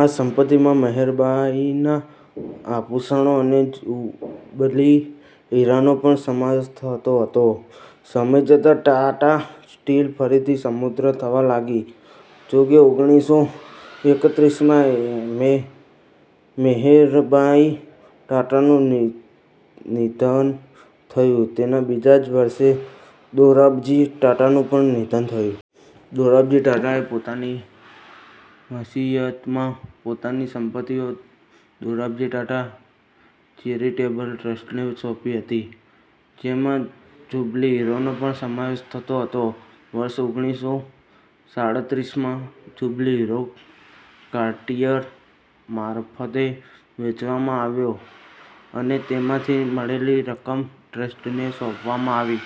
આ સંપત્તિમાં મેહેરબાઈના આભૂષણો અને જુબલી હીરાનો પણ સમાવેશ થતો હતો. સમય જતાં ટાટા સ્ટીલ ફરીથી સમૃદ્ધ થવા લાગી. જોકે, ઓગણીસો એકત્રીસમાં મેહેરબાઈ ટાટાનું નિધન થયું. તેના બીજા જ વર્ષે દોરાબજી ટાટાનું પણ નિધન થયું. દોરાબજી ટાટાએ પોતાની વસીયતમાં પોતાની સંપત્તિ દોરાબજી ટાટા ચેરિટેબલ ટ્રસ્ટને સોંપી હતી, જેમાં જુબલી હીરાનો પણ સમાવેશ થતો હતો. વર્ષ ઓગણીસો સાડત્રીસમાં જુબલી હીરો કાર્ટિયર મારફતે વેચવામાં આવ્યો અને તેમાંથી મળેલી રકમ ટ્રસ્ટને સોંપવામાં આવી.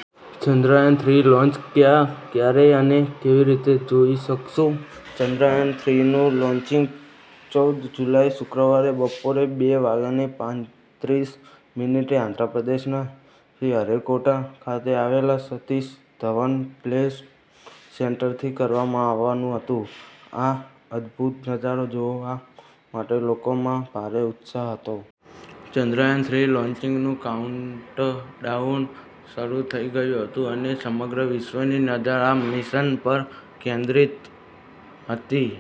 ચંદ્રયાન-થ્રી લોન્ચ: ક્યાં, ક્યારે અને કેવી રીતે જોઈ શકશો? ચંદ્રયાન-થ્રીનું લોન્ચિંગ ચૌદ જુલાઈ, શુક્રવારે બપોરે બે વાગીને પાંત્રીસ મિનિટે આંધ્રપ્રદેશના શ્રીહરિકોટા ખાતે આવેલા સતીશ ધવન સ્પેસ સેન્ટરથી કરવામાં આવવાનું હતું. આ અદભૂત નજારો જોવા માટે લોકોમાં ભારે ઉત્સાહ હતો. ચંદ્રયાન-થ્રીના લોન્ચિંગનું કાઉન્ટડાઉન શરૂ થઈ ગયું હતું અને સમગ્ર વિશ્વની નજર આ મિશન પર કેન્દ્રિત હતી.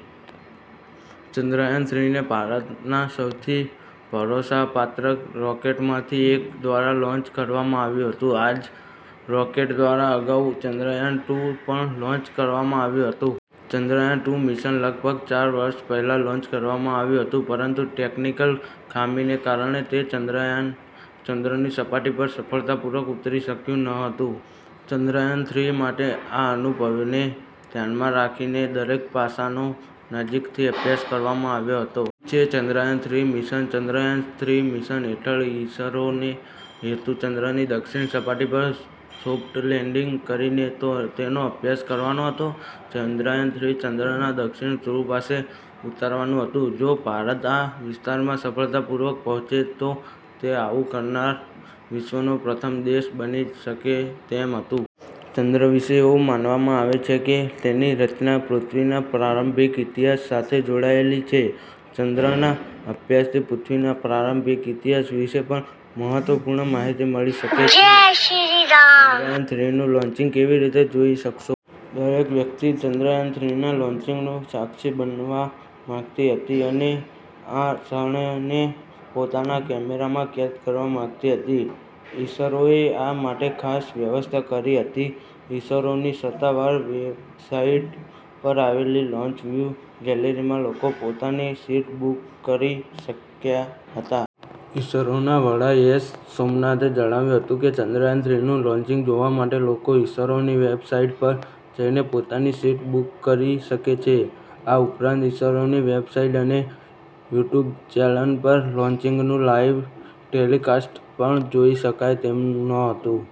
ચંદ્રયાન-થ્રીને ભારતના સૌથી ભરોસાપાત્ર રોકેટમાંથી એક દ્વારા લોન્ચ કરવામાં આવ્યું હતું. આ જ રોકેટ દ્વારા અગાઉ ચંદ્રયાન-ટૂ પણ લોન્ચ કરવામાં આવ્યું હતું. ચંદ્રયાન-ટૂ મિશન લગભગ ચાર વર્ષ પહેલાં લોન્ચ કરવામાં આવ્યું હતું, પરંતુ ટેક્નિકલ ખામીને કારણે તે ચંદ્રની સપાટી પર સફળતાપૂર્વક ઉતરી શક્યું નહોતું. ચંદ્રયાન-થ્રી માટે આ અનુભવને ધ્યાનમાં રાખીને દરેક પાસાનો નજીકથી અભ્યાસ કરવામાં આવ્યો હતો. શું છે ચંદ્રયાન-થ્રી મિશન? ચંદ્રયાન-થ્રી મિશન હેઠળ ઈસરોનો હેતુ ચંદ્રની દક્ષિણ સપાટી પર સોફ્ટ લેન્ડિંગ કરીને તેનો અભ્યાસ કરવાનો હતો. ચંદ્રયાન-થ્રી ચંદ્રના દક્ષિણ ધ્રુવ પાસે ઉતરવાનું હતું. જો ભારત આ વિસ્તારમાં સફળતાપૂર્વક પહોંચે, તો તે આવું કરનાર વિશ્વનો પ્રથમ દેશ બની શકે તેમ હતું. ચંદ્ર વિશે એવું માનવામાં આવે છે કે તેની રચના પૃથ્વીના પ્રારંભિક ઇતિહાસ સાથે જોડાયેલી છે. ચંદ્રના અભ્યાસથી પૃથ્વીના પ્રારંભિક ઇતિહાસ વિશે પણ મહત્વપૂર્ણ માહિતી મળી શકે છે. ચંદ્રયાન-થ્રીનું લોન્ચિંગ કેવી રીતે જોઈ શકશો? દરેક વ્યક્તિ ચંદ્રયાન-થ્રીના લોન્ચિંગનું સાક્ષી બનવા માંગતી હતી અને આ ક્ષણને પોતાના કેમેરામાં કેદ કરવા માંગતી હતી. ઈસરોએ આ માટે ખાસ વ્યવસ્થા કરી હતી. ઈસરોની સત્તાવાર વેબસાઈટ પર આવેલી લોન્ચ વ્યૂ ગેલેરીમાં લોકો પોતાની સીટ બુક કરી શકતા હતા. ઈસરોના વડા એસ. સોમનાથે જણાવ્યું હતું કે ચંદ્રયાન-થ્રીનું લોન્ચિંગ જોવા માટે લોકો ઈસરોની વેબસાઈટ પર જઈને પોતાની સીટ બુક કરી શકે છે. આ ઉપરાંત, ઈસરોની વેબસાઈટ અને યુટ્યુબ ચેનલ પર લોન્ચિંગનું લાઈવ ટેલિકાસ્ટ પણ જોઈ શકાય તેમ હતું.